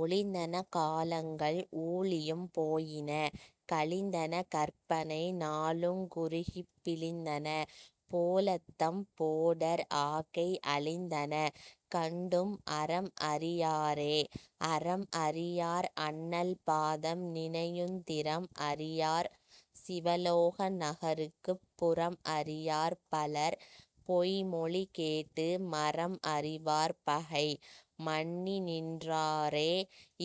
ஒழிந்தன காலங்கள் ஊழியும் போயின கழிந்தன கற்பனை நாளுங் குறுகிப் பிழிந்தன போலத்தம் போடர் ஆக்கை அழிந்தன கண்டும் அறம்அறி யாரே. அறம்அறி யார்அண்ணல் பாதம் நினையுந் திறம்அறி யார்சிவ லோக நகர்க்குப் புறம்அறி யார்பலர் பொய்மொழி கேட்டு மறம்அறி வார்பகை மன்னிநின் றாரே.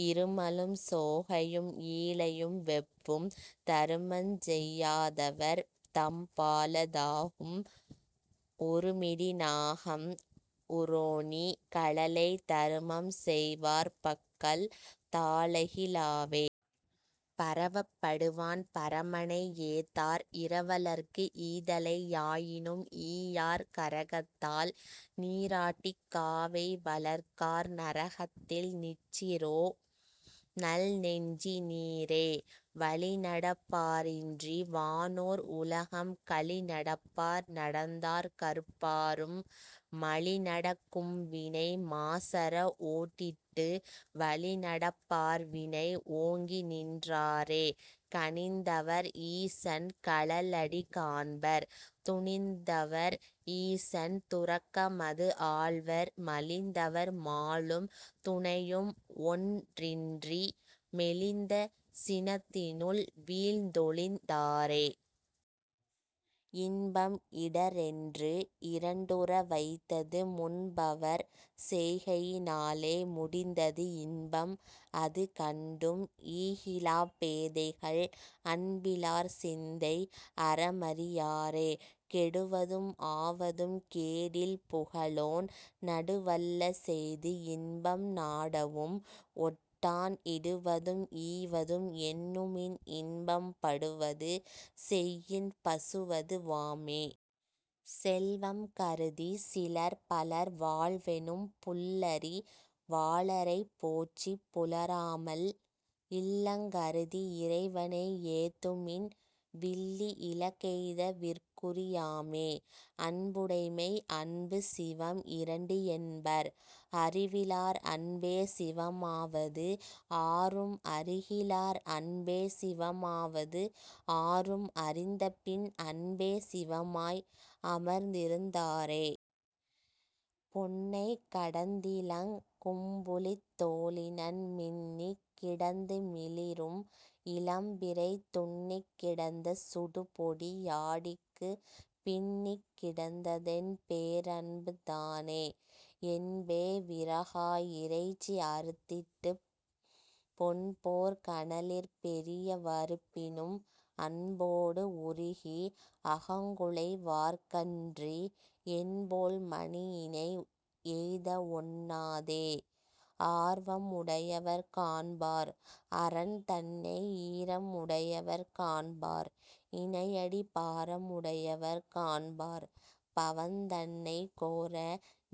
இருமலும் சோகையும் ஈளையும் வெப்பும் தருமஞ்செய் யாதவர் தம்பால தாகும் உருமிடி நாகம் உரோணி கழலை தருமம்செய் வார்பக்கல் தாழகி லாவே. பரவப் படுவான் பரமனை ஏத்தார் இரவலர்க்கு ஈதலை யாயினும் ஈயார் கரகத்தால் நீராட்டிக் காவை வளர்க்கார் நரகத்தில் நிற்றிரோ நல்நெஞ்சி னீரே. வழிநடப் பாரின்றி வானோர் உலகம் கழிநடப் பார்நடந் தார்கருப் பாரும் மழிநடக் கும்வினை மாசற ஓட்டிட்டு வழிநடப் பார்வினை ஓங்கிநின் றாரே. கனிந்தவர் ஈசன் கழலடி காண்பர் துணிந்தவர் ஈசன் துறக்கமது ஆள்வர் மலிந்தவர் மாளும் துணையும்ஒன் றின்றி மெலிந்த சினத்தினுள் வீழ்ந்தொழிந் தாரே. இன்பம் இடரென்று இரண்டுற வைத்தது முன்பவர் செய்கையி னாலே முடிந்தது இன்பம் அதுகண்டும் ஈகிலாப் பேதைகள் அன்பிலார் சிந்தை அறமறி யாரே. கெடுவதும் ஆவதும் கேடில் புகழோன் நடுவல்ல செய்து இன்பம் நாடவும் ஒட்டான் இடுவதும் ஈவதும் எண்ணுமின் இன்பம் படுவது செய்யின் பசுவது வாமே. செல்வம் கருதிச் சிலர்பலர் வாழ்வெனும் புல்லறி வாளரைப் போற்றிப் புலராமல் இல்லங் கருதி இறைவனை ஏத்துமின் வில்லி இலக்கெய்த விற்குறி யாமே... அன்புடைமை அன்பு சிவம் இரண்டு என்பர் அறிவிலார் அன்பே சிவமாவது ஆரும் அறிகிலார் அன்பே சிவமாவது ஆரும் அறிந்தபின் அன்பே சிவமாய் அமர்ந்திருந் தாரே. பொன்னைக் கடந்திலங் கும்புலித் தோலினன் மின்னிக் கிடந்து மிளிரும் இளம்பிறை துன்னிக் கிடந்த சுடுபொடி யாடிக்குப் பின்னிக் கிடந்ததென் பேரன்பு தானே. என்பே விறகா இறைச்சி அறுத்திட்டுப் பொன்போற் கனலிற் பெரிய வறுப்பினும் அன்போடு உருகி அகங்குழை வார்க்கன்றி என்போல் மணியினை எய்தஒண் ணாதே. ஆர்வம் உடையவர் காண்பார் அரன்தன்னை ஈரம் உடையவர் காண்பார் இணையடி பாரம் உடையவர் காண்பார் பவந்தன்னைக் கோர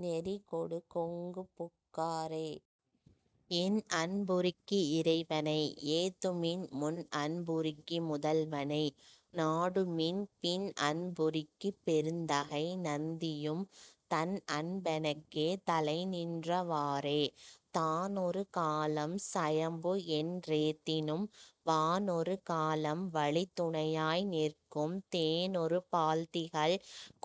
நெறிகொடு கொங்குபுக் காரே. என்அன் புருக்கி இறைவனை ஏத்துமின் முன்அன் புருக்கி முதல்வனை நாடுமின் பின்அன் புருக்கிப் பெருந்தகை நந்தியும் தன்அன் பெனக்கே தலைநின்ற வாறே. தானொரு காலம் சயம்பு என் றேத்தினும் வானொரு காலம் வழித்துணை யாய்நிற்கும் தேனொரு பால்திகழ்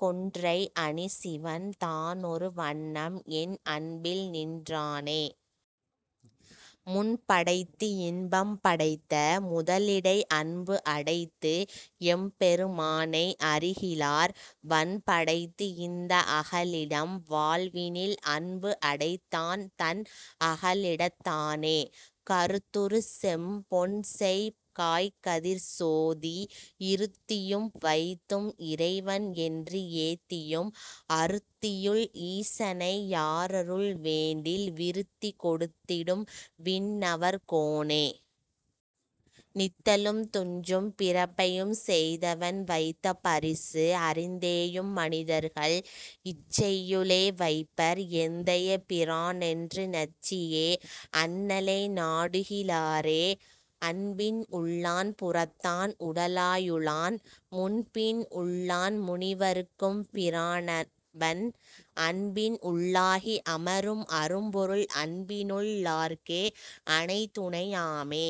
கொன்றை அணிசிவன் தானொரு வண்ணம்என் அன்பில்நின் றானே. முன்படைத்து இன்பம் படைத்த முதலிடை அன்புஅடைத்து எம்பெரு மானை அறிகிலார் வன்படைத்து இந்த அகலிடம் வாழ்வினில் அன்புஅடைத் தான்தன் அகலிடத் தானே. கருத்துறு செம்பொன்செய் காய்கதிர்ச் சோதி இருத்தியும் வைத்தும் இறைவன் என்று ஏத்தியும் அருத்தியுள் ஈசனை யாரருள் வேண்டில் விருத்தி கொடுத்திடும் விண்ணவர் கோனே. நித்தலும் துஞ்சும் பிறப்பையும் செய்தவன் வைத்த பரிசு அறிந் தேயும் மனிதர்கள் இச்சையு ளேவைப்பர் எந்தை பிரானென்று நச்சியே அண்ணலை நாடுகி லாரே. அன்பின் உள் ளான்புறத்தான் உட லாயுளான் முன்பின்உள் ளான்முனி வர்க்கும் பிரானவன் அன்பின்உள் ளாகி அமரும் அரும்பொருள் அன்பினுள் ளார்க்கே அணைதுணை யாமே...